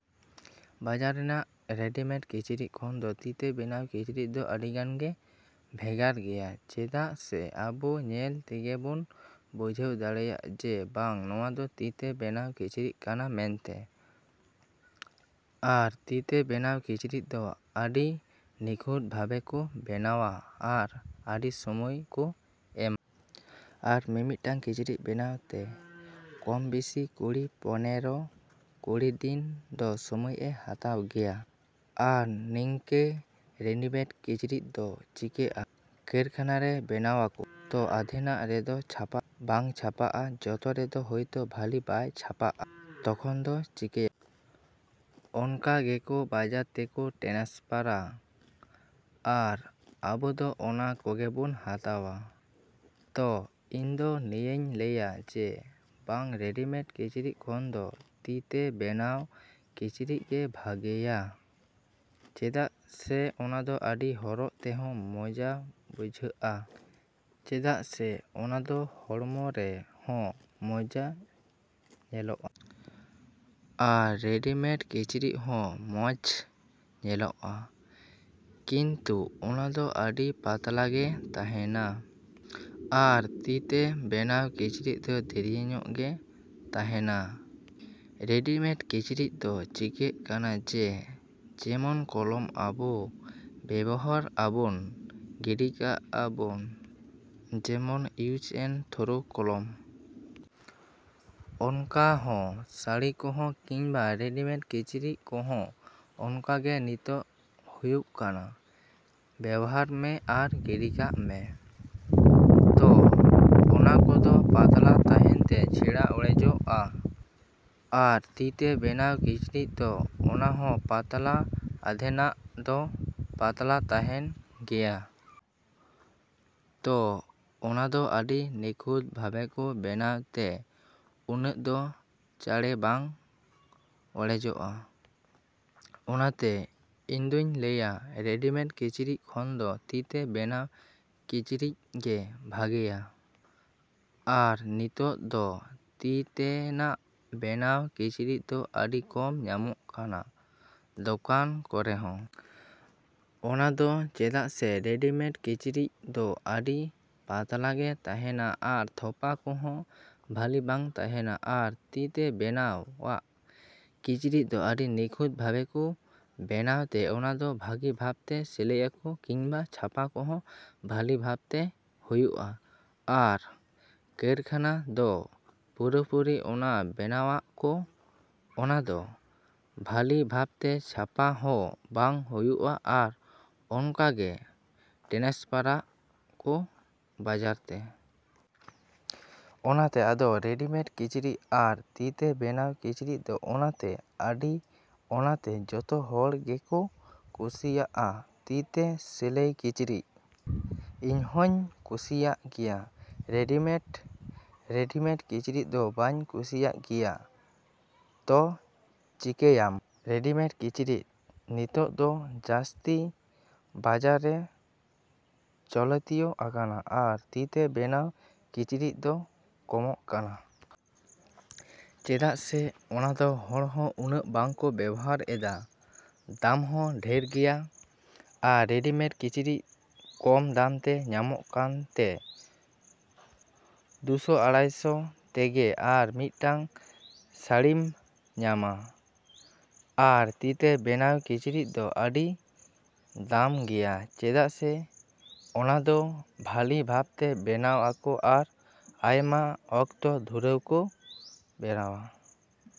ᱵᱟᱡᱟᱨ ᱨᱮᱭᱟᱜ ᱨᱮᱰᱤᱢᱮᱰ ᱠᱤᱪᱨᱤᱡᱽ ᱠᱷᱚᱱᱫᱚ ᱛᱤᱛᱮ ᱵᱮᱱᱟᱣ ᱠᱤᱪᱨᱤᱡᱽᱫᱚ ᱟᱹᱰᱤᱜᱟᱱ ᱜᱮ ᱵᱷᱮᱜᱟᱨ ᱜᱮᱭᱟ᱾ ᱪᱮᱫᱟᱜ ᱥᱮ ᱟᱵᱚ ᱧᱮᱞ ᱛᱮᱜᱮᱵᱚᱱ ᱵᱩᱡᱷᱟᱹᱣ ᱫᱟᱲᱮᱭᱟᱜᱼᱟ ᱡᱮ ᱵᱟᱝ ᱱᱚᱣᱟᱫᱚ ᱛᱤᱛᱮ ᱵᱮᱱᱟᱣ ᱠᱤᱪᱨᱤᱡᱽ ᱠᱟᱱᱟ ᱢᱮᱱᱛᱮ᱾ ᱟᱨ ᱛᱤᱛᱮ ᱵᱮᱱᱟᱣ ᱠᱤᱪᱨᱤᱡᱽ ᱫᱚ ᱟᱹᱰᱤ ᱱᱤᱠᱷᱩᱛ ᱵᱷᱟᱵᱮᱠᱚ ᱵᱮᱱᱟᱣᱟ ᱟᱨ ᱟᱹᱰᱤ ᱥᱚᱢᱚᱭᱠᱚ ᱮᱢᱟ᱾ ᱟᱨ ᱢᱤ-ᱢᱤᱫᱴᱟᱝ ᱠᱤᱪᱨᱤᱡᱽ ᱵᱮᱱᱟᱣᱛᱮ ᱠᱚᱢ ᱵᱮᱥᱤ ᱠᱩᱲᱤ ᱯᱚᱱᱮᱨᱚ ᱠᱩᱲᱤᱫᱤᱱ ᱫᱚ ᱥᱚᱢᱚᱭᱮ ᱦᱟᱛᱟᱣ ᱜᱮᱭᱟ᱾ ᱟᱨ ᱱᱤᱝᱠᱟᱹ ᱨᱮᱰᱤᱢᱮᱰ ᱠᱤᱪᱨᱤᱡᱽᱫᱚ ᱪᱤᱠᱟᱹᱜᱼᱟ? ᱠᱟᱨᱠᱷᱟᱱᱟᱨᱮ ᱵᱮᱱᱟᱣᱟᱠᱚ᱾ ᱛᱚ ᱟᱫᱷᱮᱱᱟᱜ ᱨᱮᱫᱚ ᱪᱷᱟᱯᱟᱜᱼᱟ ᱵᱟᱝ ᱪᱷᱟᱯᱟᱜᱼᱟ, ᱡᱚᱛᱚ ᱨᱮᱫᱚ ᱦᱚᱭᱛᱚ ᱵᱷᱟᱹᱞᱤ ᱵᱟᱭ ᱪᱷᱟᱯᱟᱜᱼᱟ᱾ ᱛᱚᱠᱷᱚᱱᱫᱚ ᱪᱤᱠᱟᱹᱭᱟᱠᱚ? ᱚᱱᱠᱟᱜᱮᱠᱚ ᱵᱟᱡᱟᱨᱛᱮᱠᱚ ᱴᱨᱟᱱᱥᱯᱷᱟᱨᱟ᱾ ᱟᱨ ᱟᱵᱚᱫᱚ ᱚᱱᱟ ᱠᱚᱜᱮ ᱵᱚᱱ ᱦᱟᱛᱟᱣᱟ᱾ ᱛᱚ ᱤᱧᱫᱚ ᱱᱤᱭᱟᱹᱧ ᱞᱟᱹᱭᱟ ᱡᱮ ᱵᱟᱝ ᱨᱮᱰᱤᱢᱮᱰ ᱠᱤᱪᱨᱤᱡᱽ ᱠᱷᱚᱱᱫᱚ ᱛᱤᱛᱮ ᱵᱮᱱᱟᱣ ᱠᱤᱪᱨᱤᱡᱽᱜᱮ ᱵᱷᱟᱹᱜᱤᱭᱟ᱾ ᱪᱮᱫᱟᱜ ᱥᱮ ᱚᱱᱟᱫᱚ ᱟᱹᱰᱤ ᱦᱚᱨᱚᱜᱛᱮᱦᱚᱸ ᱢᱚᱡᱟ ᱵᱩᱡᱷᱟᱹᱜᱼᱟ᱾ ᱪᱮᱫᱟᱜ ᱥᱮ ᱚᱱᱟᱫᱚ ᱦᱚᱲᱢᱚᱨᱮ ᱦᱚᱸ ᱢᱚᱡᱽ ᱧᱮᱞᱚᱜᱼᱟ᱾ ᱟᱨ ᱨᱮᱰᱤᱢᱮᱰ ᱠᱤᱪᱨᱤᱡᱽᱦᱚᱸ ᱢᱚᱡᱽ ᱧᱮᱞᱚᱜᱼᱟ ᱠᱤᱱᱛᱩ ᱚᱱᱟᱫᱚ ᱟᱹᱰᱤ ᱯᱟᱛᱞᱟᱜᱮ ᱛᱟᱦᱮᱱᱟ᱾ ᱟᱨ ᱛᱤᱛᱮ ᱵᱮᱱᱟᱣ ᱠᱤᱪᱨᱤᱡᱽᱫᱚ ᱫᱟᱹᱨᱭᱟᱹᱧᱚᱜ ᱜᱮ ᱛᱟᱦᱮᱱᱟ᱾ ᱨᱮᱰᱤᱢᱮᱰ ᱠᱤᱪᱨᱤᱡᱽᱫᱚ ᱪᱤᱠᱟᱹᱜ ᱠᱟᱱᱟ ᱡᱮ ᱡᱮᱢᱚᱱ ᱠᱚᱞᱚᱢ ᱟᱵᱚ ᱵᱮᱵᱚᱦᱟᱨ ᱟᱵᱚᱱ ᱜᱤᱰᱤ ᱠᱟᱜ-ᱟ ᱵᱚᱱ, ᱡᱮᱢᱚᱱ ᱤᱭᱩᱡᱽᱼᱮᱱᱼᱛᱷᱚᱨᱳ ᱠᱚᱞᱚᱢ᱾ ᱚᱱᱠᱟᱦᱚᱸ ᱥᱟᱲᱤ ᱠᱚᱦᱚᱸ ᱠᱤᱢᱵᱟ ᱨᱮᱰᱤᱢᱮᱰ ᱠᱤᱪᱨᱤᱡᱽ ᱠᱚᱦᱚᱸ ᱚᱱᱠᱟᱜᱮ ᱱᱤᱛᱚᱜ ᱦᱩᱭᱩᱜ ᱠᱟᱱᱟ, ᱵᱮᱣᱦᱟᱨ ᱢᱮ ᱟᱨ ᱜᱤᱰᱤᱠᱟᱜ ᱢᱮ᱾ ᱛᱚ ᱚᱱᱟᱠᱚᱫᱚ ᱯᱟᱛᱞᱟ ᱛᱟᱦᱮᱱᱛᱮ ᱪᱟᱬᱮ ᱚᱲᱮᱡᱚᱜᱼᱟ᱾ ᱟᱨ ᱛᱤᱛᱮ ᱵᱮᱱᱟᱣ ᱠᱤᱪᱨᱤᱡᱽᱫᱚ ᱚᱱᱟᱦᱚᱸ ᱯᱟᱛᱞᱟ, ᱟᱫᱷᱮᱱᱟᱜ ᱫᱚ ᱯᱟᱛᱞᱟ ᱛᱟᱦᱮᱱ ᱜᱮᱭᱟ᱾ ᱛᱚ ᱚᱱᱟᱫᱚ ᱟᱹᱰᱤ ᱱᱤᱠᱷᱩᱛ ᱵᱷᱟᱵᱮᱠᱚ ᱵᱮᱱᱟᱣᱛᱮ ᱩᱱᱟᱹᱜᱫᱚ ᱪᱟᱬᱮ ᱵᱟᱝ ᱚᱲᱮᱡᱚᱜᱼᱟ᱾ ᱚᱱᱟᱛᱮ ᱤᱧᱫᱩᱧ ᱞᱟᱹᱭᱟ ᱨᱮᱰᱤᱢᱮᱰ ᱠᱤᱪᱨᱤᱡᱽ ᱠᱷᱚᱱᱫᱚ ᱛᱤᱛᱮ ᱵᱮᱱᱟᱣᱟᱜ ᱠᱤᱪᱨᱤᱡᱽᱜᱮ ᱵᱷᱟᱹᱜᱤᱭᱟ᱾ ᱟᱨ ᱱᱤᱛᱚᱜ ᱫᱚ ᱛᱤ ᱛᱮᱱᱟᱜ ᱵᱮᱱᱟᱣ ᱠᱤᱪᱨᱤᱡᱽ ᱫᱚ ᱟᱹᱰᱤ ᱠᱚᱢ ᱧᱟᱢᱚᱜ ᱠᱟᱱᱟ ᱫᱚᱠᱟᱱ ᱠᱚᱨᱮᱦᱚᱸ᱾ ᱚᱱᱟᱫᱚ ᱪᱮᱫᱟᱜ ᱥᱮ ᱨᱮᱰᱤᱢᱮᱰ ᱠᱤᱪᱨᱤᱡᱽᱫᱚ ᱟᱹᱰᱤ ᱯᱟᱛᱞᱟᱜᱮ ᱛᱟᱦᱮᱱᱟ ᱟᱨ ᱛᱷᱚᱯᱟᱠᱚᱦᱚᱸ ᱵᱷᱟᱹᱞᱤ ᱵᱟᱝ ᱛᱟᱦᱮᱱᱟ᱾ ᱟᱨ ᱛᱤᱛᱮ ᱵᱮᱱᱟᱣᱟᱜ ᱠᱤᱪᱨᱤᱡᱽᱫᱚ ᱟᱹᱰᱤ ᱱᱤᱠᱷᱩᱛ ᱵᱷᱟᱵᱮᱠᱚ ᱵᱮᱱᱟᱣᱛᱮ ᱚᱱᱟᱫᱚ ᱵᱷᱟᱹᱜᱤ ᱵᱷᱟᱯᱛᱮ ᱥᱮᱞᱟᱭᱠᱚ ᱠᱤᱢᱵᱟ ᱪᱷᱟᱯᱟ ᱠᱚᱦᱚᱸ ᱵᱷᱟᱹᱞᱤ ᱵᱷᱟᱯᱛᱮ ᱦᱩᱭᱩᱜᱼᱟ᱾ ᱟᱨ ᱠᱟᱨᱠᱷᱟᱱᱟ ᱫᱚ ᱯᱩᱨᱟᱹᱯᱩᱨᱤ ᱚᱱᱟ ᱵᱮᱱᱟᱣᱟᱠᱚ, ᱚᱱᱟᱫᱚ ᱵᱷᱟᱹᱞᱤ ᱵᱷᱟᱯᱛᱮ ᱪᱷᱟᱯᱟᱦᱚᱸ ᱵᱟᱝ ᱦᱩᱭᱩᱜᱼᱟ ᱟᱨ ᱚᱱᱠᱟᱜᱮ ᱴᱨᱟᱱᱥᱯᱷᱟᱨᱟᱠᱚ ᱵᱟᱡᱟᱨᱛᱮ᱾ ᱚᱱᱟᱛᱮ ᱟᱫᱚ ᱨᱮᱰᱤᱢᱮᱰ ᱠᱤᱪᱨᱤᱡᱽ ᱟᱨ ᱛᱤᱛᱮ ᱵᱮᱱᱟᱣ ᱠᱤᱪᱨᱤᱡᱽᱫᱚ ᱚᱱᱟᱛᱮ ᱟᱹᱰᱤ ᱚᱱᱟᱛᱮ ᱡᱚᱛᱚ ᱦᱚᱲᱜᱮᱠᱚ ᱠᱩᱥᱤᱭᱟᱜ-ᱟ ᱛᱤᱛᱮ ᱥᱤᱞᱟᱭ ᱠᱤᱪᱨᱤᱡᱽ᱾ ᱤᱧᱦᱚᱸᱧ ᱠᱩᱥᱤᱭᱟᱜ ᱜᱮᱭᱟ ᱨᱮᱰᱤᱢᱮᱰ ᱨᱮᱰᱤᱢᱮᱰ ᱠᱤᱪᱨᱤᱡᱽᱫᱚ ᱵᱟᱹᱧ ᱠᱩᱥᱤᱭᱟᱜ ᱜᱮᱭᱟ᱾ ᱛᱚ ᱪᱮᱠᱟᱹᱭᱟᱢ? ᱨᱮᱰᱤᱢᱮᱰ ᱠᱤᱪᱨᱤᱡᱽ ᱱᱤᱛᱚᱜ ᱫᱚ ᱡᱟᱹᱥᱛᱤ ᱵᱟᱡᱟᱨ ᱨᱮ ᱪᱚᱞᱛᱤᱭ ᱟᱠᱟᱱᱟ ᱟᱨ ᱛᱤᱛᱮ ᱵᱮᱱᱟᱣ ᱠᱤᱪᱨᱤᱡᱽ ᱫᱚ ᱠᱚᱢᱚᱜ ᱠᱟᱱᱟ᱾ ᱪᱮᱫᱟᱜ ᱥᱮ ᱚᱱᱟᱫᱚ ᱦᱚᱲᱦᱚᱸ ᱩᱱᱟᱹᱜ ᱵᱟᱝᱠᱚ ᱵᱮᱣᱦᱟᱨ ᱮᱫᱟ, ᱫᱟᱢᱦᱚᱸ ᱰᱷᱮᱨ ᱜᱮᱭᱟ᱾ ᱟᱨ ᱨᱮᱰᱤᱢᱮᱰ ᱠᱤᱪᱨᱤᱡᱽ ᱠᱚᱢ ᱫᱟᱢᱛᱮ ᱧᱟᱢᱚᱜ ᱠᱟᱱᱛᱮ ᱫᱩᱥᱚ ᱟᱲᱟᱭᱥᱚ ᱛᱮᱜᱮ ᱟᱨ ᱢᱤᱫᱴᱟᱝ ᱥᱟᱲᱤᱢ ᱧᱟᱢᱟ᱾ ᱟᱨ ᱛᱤᱛᱮ ᱵᱮᱱᱟᱣ ᱠᱤᱪᱨᱤᱡᱽ ᱫᱚ ᱟᱹᱰᱤ ᱫᱟᱢ ᱜᱮᱭᱟ ᱪᱮᱫᱟᱜ ᱥᱮ ᱚᱱᱟᱫᱚ ᱵᱷᱟᱹᱞᱤ ᱵᱷᱟᱯᱛᱮ ᱵᱮᱱᱟᱣ ᱟᱠᱚ ᱟᱨ ᱟᱭᱢᱟ ᱚᱠᱛᱚ ᱫᱷᱩᱨᱟᱹᱣ ᱠᱚ ᱵᱮᱱᱟᱣᱟ᱾